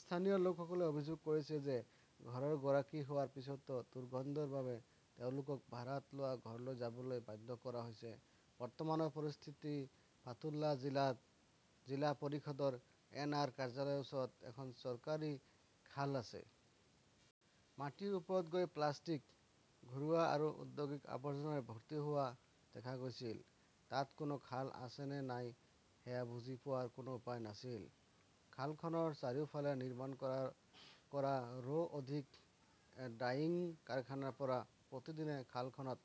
স্থানীয় লোকসকলে অভিযোগ কৰিছে যে ঘৰৰ গৰাকী হোৱাৰ পিছতো দুৰ্গন্ধৰ বাবে তেওঁলোকক ভাড়াত লোৱা ঘৰলৈ যাবলৈ বাধ্য কৰা হৈছে। বৰ্তমানৰ পৰিস্থিতি হৈছে ফাতুল্লাত জিলা পৰিষদৰ এন. আৰ. কাৰ্যালয়ৰ ওচৰত এখন চৰকাৰী খাল আছে। মাটিৰ ওপৰত গৈ প্লাষ্টিক, ঘৰুৱা আৰু ঔদ্যোগিক আৱৰ্জনাৰে ভৰ্তি হোৱা দেখা গৈছিল। তাত কোনো খাল আছে নে নাই সেয়া বুজি পোৱাৰ কোনো উপায় নাছিল। খালখনৰ চাৰিওফালে নিৰ্মাণ কৰা ৰো অধিক ডাইং কাৰখানাৰ পৰা প্ৰতিদিনে খালখনত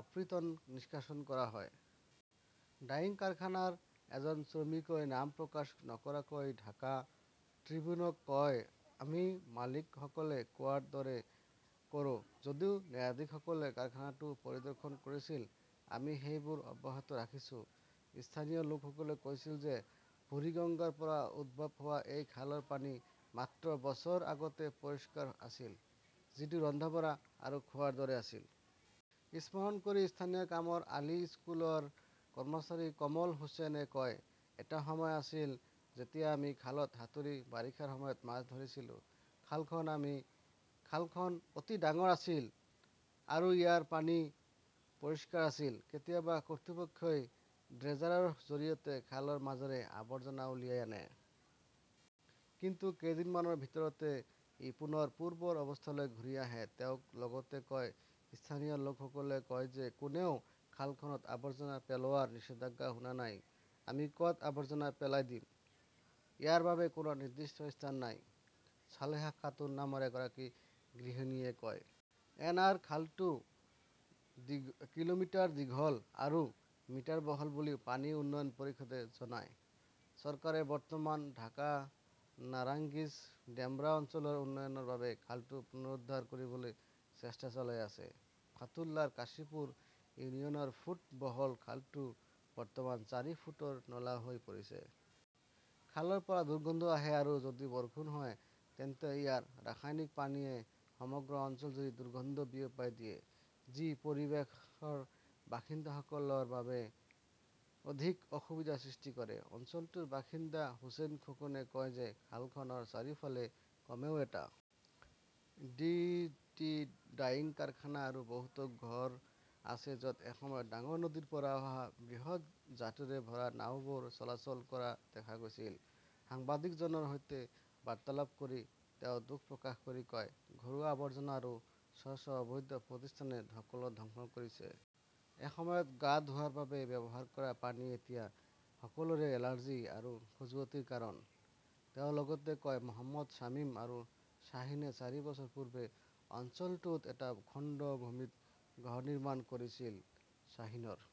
অপতৃণ নিষ্কাশন কৰা হয়। ডাইং কাৰখানাৰ এজন শ্ৰমিকই নাম প্ৰকাশ নকৰাকৈ ঢাকা ট্ৰিবিউনক কয়, "আমি মালিকসকলে কোৱাৰ দৰে কৰোঁ। যদিও ন্যায়াধীশসকলে কাৰখানাটো পৰিদৰ্শন কৰিছিল, আমি সেইবোৰ অব্যাহত ৰাখিছো। "স্থানীয় লোকসকলে কৈছিল যে বুৰিগঙ্গাৰ পৰা উদ্ভৱ হোৱা এই খালৰ পানী মাত্ৰ বছৰ আগতে পৰিষ্কাৰ আছিল, যিটো ৰন্ধা-বঢ়া আৰু খোৱাৰ দৰে আছিল। স্মৰণ কৰি স্থানীয় কামৰ আলী স্কুলৰ কৰ্মচাৰী কমল হোসেন -এ কয়, "এটা সময় আছিল যেতিয়া আমি খালত সাঁতুৰি বাৰিষাৰ সময়ত মাছ ধৰিছিলো। খালখন অতি ডাঙৰ আছিল আৰু ইয়াৰ পানী পৰিষ্কাৰ আছিল। "" কেতিয়াবা কৰ্তৃপক্ষই ড্ৰেজাৰৰ জৰিয়তে খালৰ মাজেৰে আৱৰ্জনা উলিয়াই আনে। কিন্তু কেইদিনমানৰ ভিতৰতে ই পুনৰ পূৰ্বৰ অৱস্থালৈ ঘূৰি আহে ", তেওঁ লগতে কয়। স্থানীয় লোকসকলে কয় যে কোনেও খালখনত আৱৰ্জনা পেলোৱাৰ নিষেধাজ্ঞা শুনা নাই। "আমি ক" ত আৱৰ্জনা পেলাই দিম? " ইয়াৰ বাবে কোনো নিৰ্দিষ্ট স্থান নাই ", সালেহা খাতুন নামৰ এগৰাকী গৃহিণীয়ে কয়। এন. আৰ. খালটো কিলোমিটাৰ দীঘল আৰু মিটাৰ বহল বুলি পানী উন্নয়ন পৰিষদে জনায়। চৰকাৰে বৰ্তমান ঢাকা-নাৰাংইজ-ডেমৰা অঞ্চলৰ উন্নয়নৰ বাবে খালটো পুনৰুদ্ধাৰ কৰিবলৈ চেষ্টা চলাই আছে। ফাতুল্লাৰ কাশীপুৰ ইউনিয়নৰ ফুট বহল খালটো বৰ্তমান চাৰি ফুটৰ নলা হৈ পৰিছে। খালৰ পৰা দুৰ্গন্ধ আহে আৰু যদি বৰষুণ হয় তেন্তে ইয়াৰ ৰাসায়নিক পানীয়ে সমগ্ৰ অঞ্চলজুৰি দুৰ্গন্ধ বিয়পাই দিয়ে, যি পৰিৱেশৰ বাসিন্দাসকলৰ বাবে অধিক অসুবিধাৰ সৃষ্টি কৰে। অঞ্চলটোৰ বাসিন্দা হোসেন খোকনে কয় যে খালখনৰ চাৰিওফালে কমেও এটা <আই. ডি. টি ডাইং কাৰখানা আৰু বহুতো ঘৰ আছে য 'ত এসময়ত ডাঙৰ নদীৰ পৰা অহা বৃহৎ জাটৰে ভৰা নাওবোৰ চলাচল কৰা দেখা গৈছিল। সাংবাদিকজনৰ সৈতে বাৰ্তালাপ কৰি তেওঁ দুখ প্ৰকাশ কৰি কয়, "ঘৰুৱা আৱৰ্জনা আৰু শ শ অবৈধ প্ৰতিষ্ঠানে সকলো ধ্বংস কৰিছে। " "এসময়ত গা ধোৱাৰ বাবে ব্যৱহাৰ কৰা পানী এতিয়া সকলোৰে এলাৰ্জি আৰু খজুৱতিৰ কাৰণ", তেওঁ লগতে কয়। "মহম্মদ শ্বামীম আৰু শ্বাহীনে চাৰি বছৰ পূৰ্বে অঞ্চলটোত এটা খণ্ড ভূমিত ঘৰ নিৰ্মাণ কৰিছিল। শ্বাহীনৰ